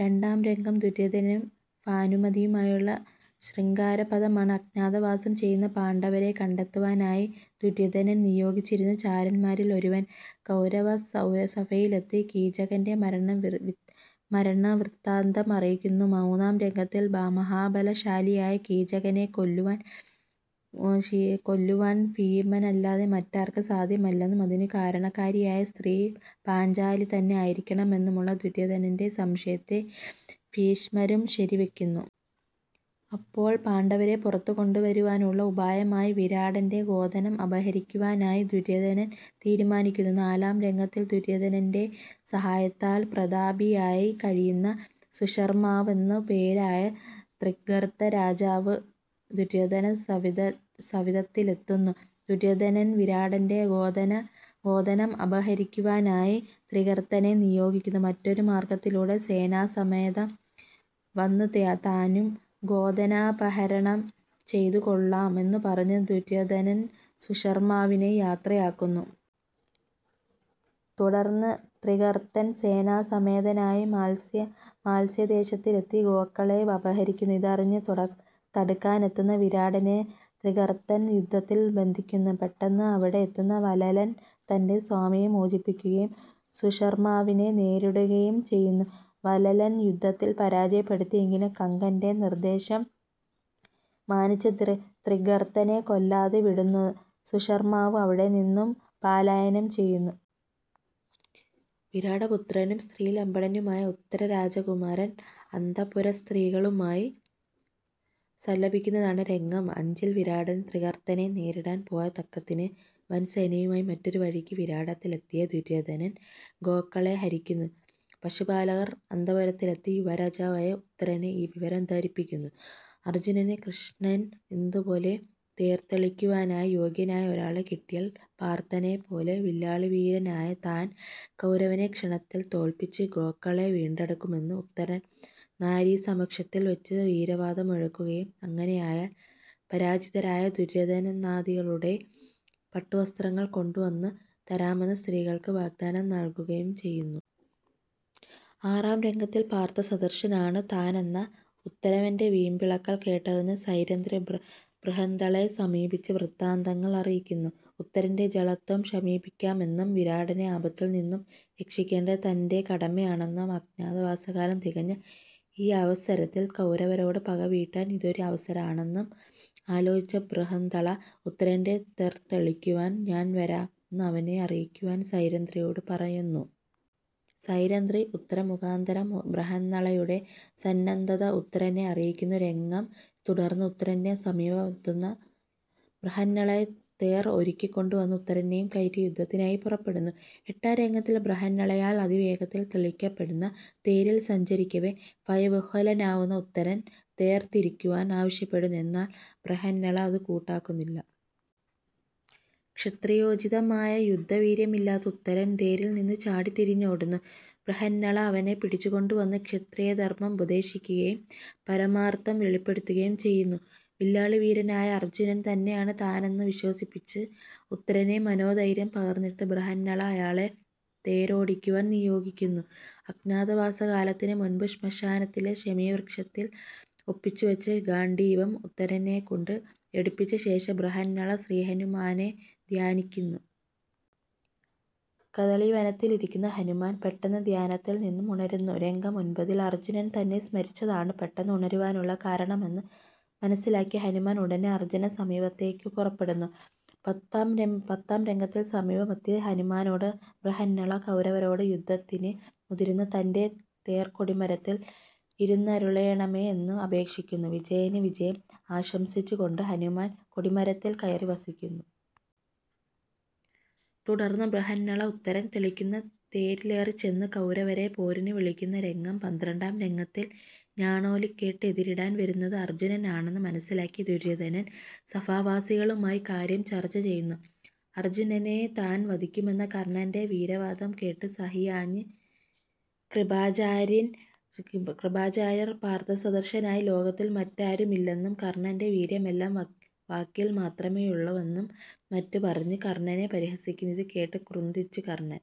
രണ്ടാം രംഗം ദുര്യോധനനും ഭാനുമതിയുമായുള്ള ശൃഗാരപ്പദമാണ്. അജ്ഞാതവാസം ചെയ്യുന്ന പാണ്ഡവരെ കണ്ടെത്തുവാനായി ദുര്യോധനൻ നിയോഗിച്ചിരുന്ന ചാരന്മാരിൽ ഒരുവൻ കൌരവസഭയിലെത്തി കീചകന്റെ മരണ മരണവൃത്താന്തം അറിയിക്കുന്നു മൂന്നാം രംഗത്തിൽ. മഹാബലശാലിയായ കീചകനെ കൊല്ലുവാൻ ഭീമനല്ലാതെ മറ്റാർക്കും സാദ്ധ്യമല്ലെന്നും അതിനുകാരണക്കാരിയായ സ്ത്രീ പാഞ്ചാലിതന്നെ ആയിരിക്കണമെന്നുമുള്ള ദുര്യോധനന്റെ സംശയത്തെ ഭീഷ്മരും ശരിവയ്ക്കുന്നു. അപ്പോൾ പാണ്ഡവരെ പുറത്തുകൊണ്ടുവരുവാനുള്ള ഉപായമായി വിരാടന്റെ ഗോധനം അപഹരിക്കുവാനായി ദുര്യോധനൻ തീരുമാനിക്കുന്നു. നാലാം രംഗത്തിൽ ദുര്യോധനന്റെ സഹായത്താൽ പ്രതാപിയായി കഴിയുന്ന സുശർമ്മാവ് എന്നുപേരായ ത്രിഗർത്തരാജാവ് ദുര്യോധന സവിധത്തിലെത്തുന്നു. ദുര്യോധനൻ വിരാടന്റെ ഗോധനം അപഹരിക്കുവാനായി ത്രിഗർത്തനെ നിയോഗിക്കുന്നു. മറ്റൊരുമാർഗ്ഗത്തിലൂടെ സേനാസമേതം വന്ന് താനും ഗോധനാപഹരണം ചെയ്തുകൊള്ളാം എന്നുപറഞ്ഞ് ദുര്യോധനൻ സുശർമ്മാവിനെ യാത്രയാക്കുന്നു. തുടർന്ന് ത്രിഗർത്തൻ സേനാസമേതനായി മാത്സ്യദേശത്തിലെത്തി ഗോക്കളെ അപഹരിക്കുന്നു. ഇതറിഞ്ഞ് തടുക്കാനെത്തുന്ന വിരാടനെ ത്രിഗർത്തൻ യുദ്ധത്തിൽ ബന്ധിക്കുന്നു. പെട്ടെന്ന് അവിടെയെത്തുന്ന വലലൻ തന്റെ സ്വാമിയെ മോചിപ്പിക്കുകയും സുശർമ്മാവിനെ നേരിടുകയും ചെയ്യുന്നു. വലലൻ യുദ്ധത്തിൽ പരാജയപ്പെടുത്തിയെങ്കിലും കങ്കന്റെ നിദ്ദേശം മാനിച്ച് ത്രിഗർത്തനെ കൊല്ലാതെ വിടുന്നു. സുശർമ്മാവ് അവിടെനിന്നും പാലായനം ചെയ്യുന്നു. വിരാടപുത്രനും സ്ത്രീലമ്പടനുമായ ഉത്തരരാജകുമാരൻ അന്ത:പുരസ്ത്രീകളുകളുമായി സല്ലപിക്കുന്നതാണ് രംഗം അഞ്ചിൽ. വിരാടൻ ത്രിഗർത്തനെ നേരിടാൻ പോയതക്കത്തിന് വൻസേനയുമായി മറ്റൊരുവഴിയ്ക്ക് വിരാടത്തിലെത്തിയ ദുര്യോധനൻ ഗോക്കളെ ഹരിക്കുന്നു. പശുപാലകർ അന്ത:പുരത്തിലെത്തി യുവരാജാവായ ഉത്തരനെ ഈ വിവരം ധരിപ്പിക്കുന്നു. അർജ്ജുനന് കൃഷ്ണൻ എന്നതുപോലെ തേർതെളിക്കുവാനായി യോഗ്യനായ ഒരാളെ കിട്ടിയാൽ പാർത്ഥനെപ്പോലെ വില്ലാളിവീരനായ താൻ കൌരവരെ ക്ഷണത്തിൽ തൊൽപ്പിച്ച് ഗോക്കളെ വിണ്ടെടുക്കുമെന്ന് ഉത്തരൻ നാരീസമക്ഷത്തിൽ വെച്ച് വീരവാദം മുഴക്കുകയും, അങ്ങനെയായാൽ പരാജിതരായ ദുര്യോധനാദികളുടെ പട്ടുവസ്ത്രങ്ങൾ കൊണ്ടുവന്ന് തരാമെന്ന് സ്ത്രീകൾക്ക് വാഗ്ദാനം നൽകുകയും ചെയ്യുന്നു. ആറാം രംഗത്തിൽ പാർത്ഥസദൃശനാണ് താനെന്ന ഉത്തരന്റെ വീമ്പിളക്കൽ കേട്ടറിഞ്ഞ സൈരന്ധ്രി ബൃഹന്ദളയെ സമീപിച്ച് വൃത്താന്തങ്ങൾ അറിയിക്കുന്നു. ഉത്തരന്റെ ജളത്വം ശമിപ്പിക്കാമെന്നും, വിരാടനെ ആപത്തിൽനിന്നും രക്ഷിക്കേണ്ടത് തന്റെ കടമയാണന്നും, അജ്ഞാതവാസകാലം തികഞ്ഞ ഈ അവസരത്തിൽ കൌരവരോട് പകവീട്ടാൻ ഇതൊരു അവസരാണന്നും ആലോചിച്ച ബൃഹന്ദള; 'ഉത്തരന്റെ തെർ തെളിക്കുവാൻ ഞാൻ വരാം' എന്ന് അവനെ അറിയിക്കുവാൻ സൈരന്ധ്രിയോട് പറയുന്നു. സൈരന്ധ്രി ഉത്തരമുഖാന്തരം ബൃഹന്നളയുടെ സന്നദ്ധത ഉത്തരനെ അറിയിക്കുന്നു രംഗം ൽ. തുടർന്ന് ഉത്തരന്റെ സമീപമെത്തുന്ന ബൃഹന്നള തേർ ഒരുക്കിക്കൊണ്ടുവന്ന് ഉത്തരനെയും കയറ്റി യുദ്ധത്തിനായി പുറപ്പെടുന്നു. എട്ടാം രംഗത്തിൽ ബൃഹന്നളയാൽ അതിവേഗത്തിൽ തെളിക്കപ്പെടുന്ന തേരിൽ സഞ്ചരിക്കവെ ഭയവിഹ്വലനാവുന്ന ഉത്തരൻ തേർ തിരിക്കുവാൻ ആവശ്യപ്പെടുന്നു. എന്നാൽ ബൃഹന്നള അത് കൂട്ടാക്കുന്നില്ല. ക്ഷത്രിയോചിതമായ യുദ്ധവീര്യമില്ലാത്ത ഉത്തരൻ തേരിൽ നിന്നു ചാടി തിരിഞ്ഞോടുന്നു. ബൃഹന്നള അവനെ പിടിച്ചുകൊണ്ടുവന്ന് ക്ഷത്രിയധർമ്മം ഉപദേശിക്കുകയും പരമാർത്ഥം വെളിപെടുത്തുകയും ചെയ്യുന്നു. വില്ലാളിവീരനായ അർജ്ജുനൻ തന്നെയാണ് താനെന്ന് വിശ്വസിപ്പിച്ച് ഉത്തരന് മനോധര്യം പകർന്നിട്ട് ബൃഹന്നള അയാളെ തേരോടിക്കുവാൻ നിയോഗിക്കുന്നു. അജ്ഞാതവാസകാലത്തിനുമുൻപ് ശ്മശാനത്തിലെ ശമീവൃക്ഷത്തിൽ ഒപ്പിച്ചുവെച്ച ഗാണ്ഡീവം ഉത്തരനെകൊണ്ട് എടുപ്പിച്ച ശേഷം ബൃഹന്നള ശ്രീഹനുമാനെ ധ്യാനിക്കുന്നു. കദളീവനത്തിലിരിക്കുന്ന ഹനുമാൻ പെട്ടെന്ന് ധ്യാനത്തിനിന്നും ഉണരുന്നു രംഗം ഒൻപതിൽ. അർജ്ജുനൻ തന്നെ സ്മരിച്ചതാണ് പെട്ടെന്ന് ഉണരുവാനുള്ള കാരണമെന്ന് മനസ്സിലാക്കിയ ഹനുമാൻ ഉടനെ അർജ്ജുനസമീപത്തേയ്ക്ക് പുറപ്പെടുന്നു. പത്താം രംഗത്തിൽ സമീപമെത്തിയ ഹനുമാനോട് ബൃഹന്നള കൌരവരോട് യുദ്ധത്തിന് മുതിരുന്ന തന്റെ തേർകൊടിമരത്തിൽ ഇരുന്നരുളേണമേ എന്ന് അപേക്ഷിക്കുന്നു. വിജയന് വിജയം ആശംസിച്ചുകൊണ്ട് ഹനുമാൻ കൊടിമരത്തിൽ കയറി വസിക്കുന്നു. തുടർന്ന് ബൃഹന്നള ഉത്തരൻ തെളിക്കുന്ന തേരിലേറിചെന്ന് കൌരവരെ പോരിനുവിളിക്കുന്നു രംഗം ൽ. പന്ത്രണ്ടാം രംഗത്തിൽ ഞാണോലികേട്ട് എതിരിടാൻ വരുന്നത് അർജ്ജുനനാണന്ന് മനസ്സിലാക്കിയ ദുര്യോധനൻ സഭാവാസികളുമായി കാര്യം ചർച്ച ചെയ്യുന്നു. അർജ്ജുനനെ താൻ വധിക്കുമെന്ന കർണ്ണന്റെ വീരവാദം കേട്ട് സഹിയാഞ്ഞ് കൃപാചാര്യർ പാർത്ഥസദൃശനായി ലോകത്തിൽ മറ്റാരുമില്ലെന്നും കർണ്ണന്റെ വീര്യമെല്ലാം വാക്കിൽ മാത്രമെയുള്ളുവെന്നും മറ്റും പറഞ്ഞ് കർണ്ണനെ പരിഹസിക്കുന്നു. ഇതുകേട്ട് ക്രുദ്ധിച്ച് കർണ്ണൻ